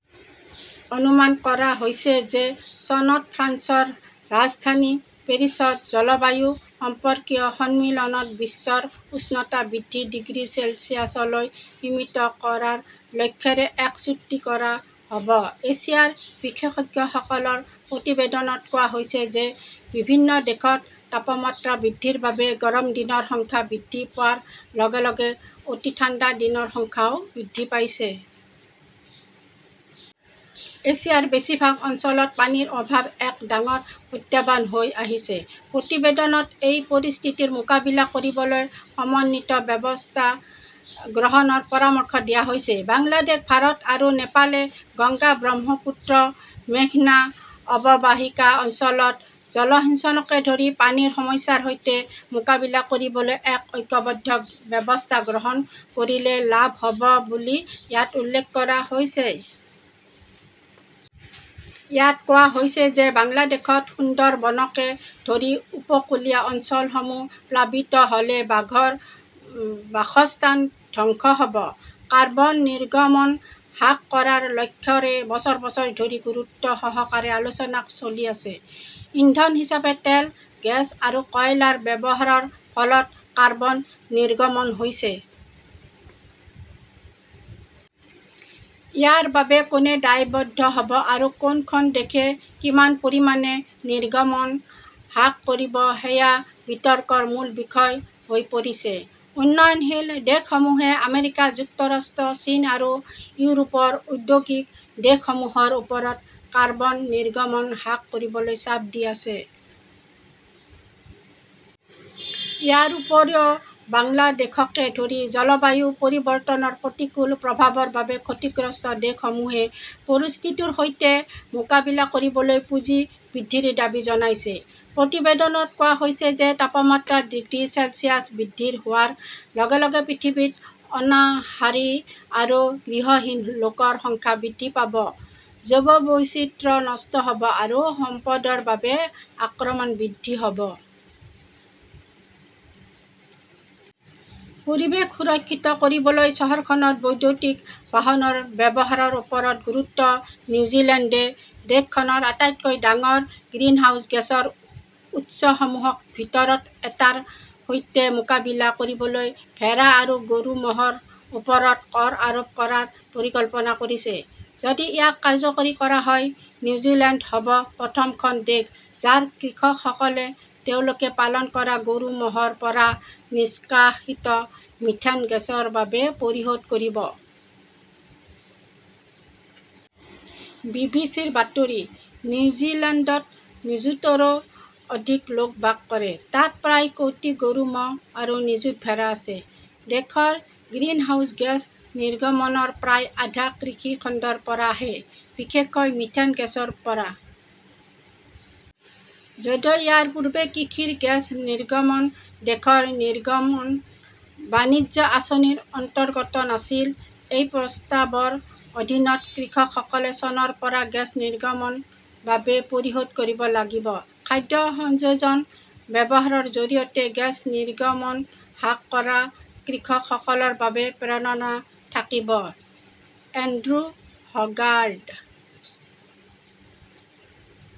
অনুমান কৰা হৈছে যে চনত ফ্ৰান্সৰ ৰাজধানী পেৰিছত জলবায়ু সম্পৰ্কীয় সন্মিলনত বিশ্বৰ উষ্ণতা বৃদ্ধি ডিগ্ৰী চেলছিয়াছলৈ সীমিত কৰাৰ লক্ষ্যৰে এক চুক্তি কৰা হ 'ব। এছিয়াৰ বিশেষজ্ঞসকলৰ প্ৰতিবেদনত কোৱা হৈছে যে বিভিন্ন দেশত তাপমাত্ৰা বৃদ্ধিৰ বাবে গৰম দিনৰ সংখ্যা বৃদ্ধি পোৱাৰ লগে লগে অতি ঠাণ্ডা দিনৰ সংখ্যাও বৃদ্ধি পাইছে। এছিয়াৰ বেছিভাগ অঞ্চলত পানীৰ অভাৱ এক ডাঙৰ প্ৰত্যাহ্বান হৈ আহিছে। প্ৰতিবেদনত এই পৰিস্থিতিৰ মোকাবিলা কৰিবলৈ সমন্বিত ব্যৱস্থা গ্ৰহণৰ পৰামৰ্শ দিয়া হৈছে। বাংলাদেশ, ভাৰত আৰু নেপালে গংগা-ব্ৰহ্মপুত্ৰ-মেঘনা অৱবাহিকা অঞ্চলত জলসিঞ্চনকে ধৰি পানীৰ সমস্যাৰ সৈতে মোকাবিলা কৰিবলৈ এক ঐক্যবদ্ধ ব্যৱস্থা গ্ৰহণ কৰিলে লাভ হ "ব বুলি ইয়াত উল্লেখ কৰা হৈছে। ইয়াত কোৱা হৈছে যে বাংলাদেশত সুন্দৰবনকে ধৰি উপকূলীয় অঞ্চলসমূহ প্লাবিত হ "লে বাঘৰ বাসস্থান ধ্বংস হ" ব। কাৰ্বন নিৰ্গমন হ্ৰাস কৰাৰ লক্ষ্যৰে বছৰ বছৰ ধৰি গুৰুত্বসহকাৰে আলোচনা চলি আছে। ইন্ধন হিচাপে তেল, গেছ আৰু কয়লাৰ ব্যৱহাৰৰ ফলত কাৰ্বন নিৰ্গমন হৈছে। ইয়াৰ বাবে কোনে দায়বদ্ধ হ "ব আৰু কোনখন দেশে কিমান পৰিমাণে নিৰ্গমন হ্ৰাস কৰিব সেয়া বিতৰ্কৰ মূল বিষয় হৈ পৰিছে। উন্নয়নশীল দেশসমূহে আমেৰিকা যুক্তৰাষ্ট্ৰ, চীন আৰু ইউৰোপৰ ঔদ্যোগিক দেশসমূহৰ ওপৰত কাৰ্বন নিৰ্গমন হ্ৰাস কৰিবলৈ চাপ দি আছে। ইয়াৰ উপৰিও বাংলাদেশকে ধৰি জলবায়ু পৰিৱৰ্তনৰ প্ৰতিকূল প্ৰভাৱৰ বাবে ক্ষতিগ্ৰস্ত দেশসমূহে পৰিস্থিতিৰ সৈতে মোকাবিলা কৰিবলৈ পুঁজি বৃদ্ধিৰ দাবী জনাইছে। প্ৰতিবেদনত কোৱা হৈছে যে তাপমাত্ৰা ডিগ্ৰী চেলছিয়াছ বৃদ্ধি হোৱাৰ লগে লগে পৃথিৱীত অনাহাৰী আৰু গৃহহীন লোকৰ সংখ্যা বৃদ্ধি পাব; জৈৱ বৈচিত্ৰ্য নষ্ট হ "ব আৰু সম্পদৰ বাবে আক্ৰমণ বৃদ্ধি হ" ব। পৰিৱেশ সুৰক্ষিত কৰিবলৈ চহৰখনত বৈদ্যুতিক বাহনৰ ব্যৱহাৰৰ ওপৰত গুৰুত্ব নিউজিলেণ্ডে দেশখনৰ আটাইতকৈ ডাঙৰ গ্ৰিনহাউজ গেছৰ উৎসসমূহৰ ভিতৰত এটাৰ সৈতে মোকাবিলা কৰিবলৈ ভেড়া আৰু গৰু-ম "হৰ ওপৰত কৰ আৰোপ কৰাৰ পৰিকল্পনা কৰিছে। যদি ইয়াক কাৰ্যকৰী কৰা হয়, নিউজিলেণ্ড হ 'ব প্ৰথমখন দেশ যাৰ কৃষকসকলে তেওঁলোকে পালন কৰা গৰু-ম "হৰ পৰা নিষ্কাশিত মিথেন গেছৰ বাবে পৰিশোধ কৰিব। বি. বি. চি. -ৰ বাতৰি। নিউজিলেণ্ডত নিযুতৰো অধিক লোক বাস কৰে। তাত প্ৰায় কোটি গৰু-ম "হ আৰু নিযুত ভেড়া আছে। দেশৰ গ্ৰিনহাউজ গেছ নিৰ্গমনৰ প্ৰায় আধা কৃষি খণ্ডৰ পৰা আহে, বিশেষকৈ মিথেন গেছৰ পৰা। যদিও ইয়াৰ পূৰ্বে কৃষিৰ গেছ নিৰ্গমন দেশৰ নিৰ্গমন বাণিজ্য আঁচনিৰ অন্তৰ্গত নাছিল। এই প্ৰস্তাৱৰ অধীনত কৃষকসকলে চনৰ পৰা গেছ নিৰ্গমনৰ বাবে পৰিশোধ কৰিব লাগিব। খাদ্য সংযোজন ব্যৱহাৰৰ জৰিয়তে গেছ নিৰ্গমন হ্ৰাস কৰা কৃষকসকলৰ বাবে প্ৰেৰণা থাকিব। Andrew Hoggard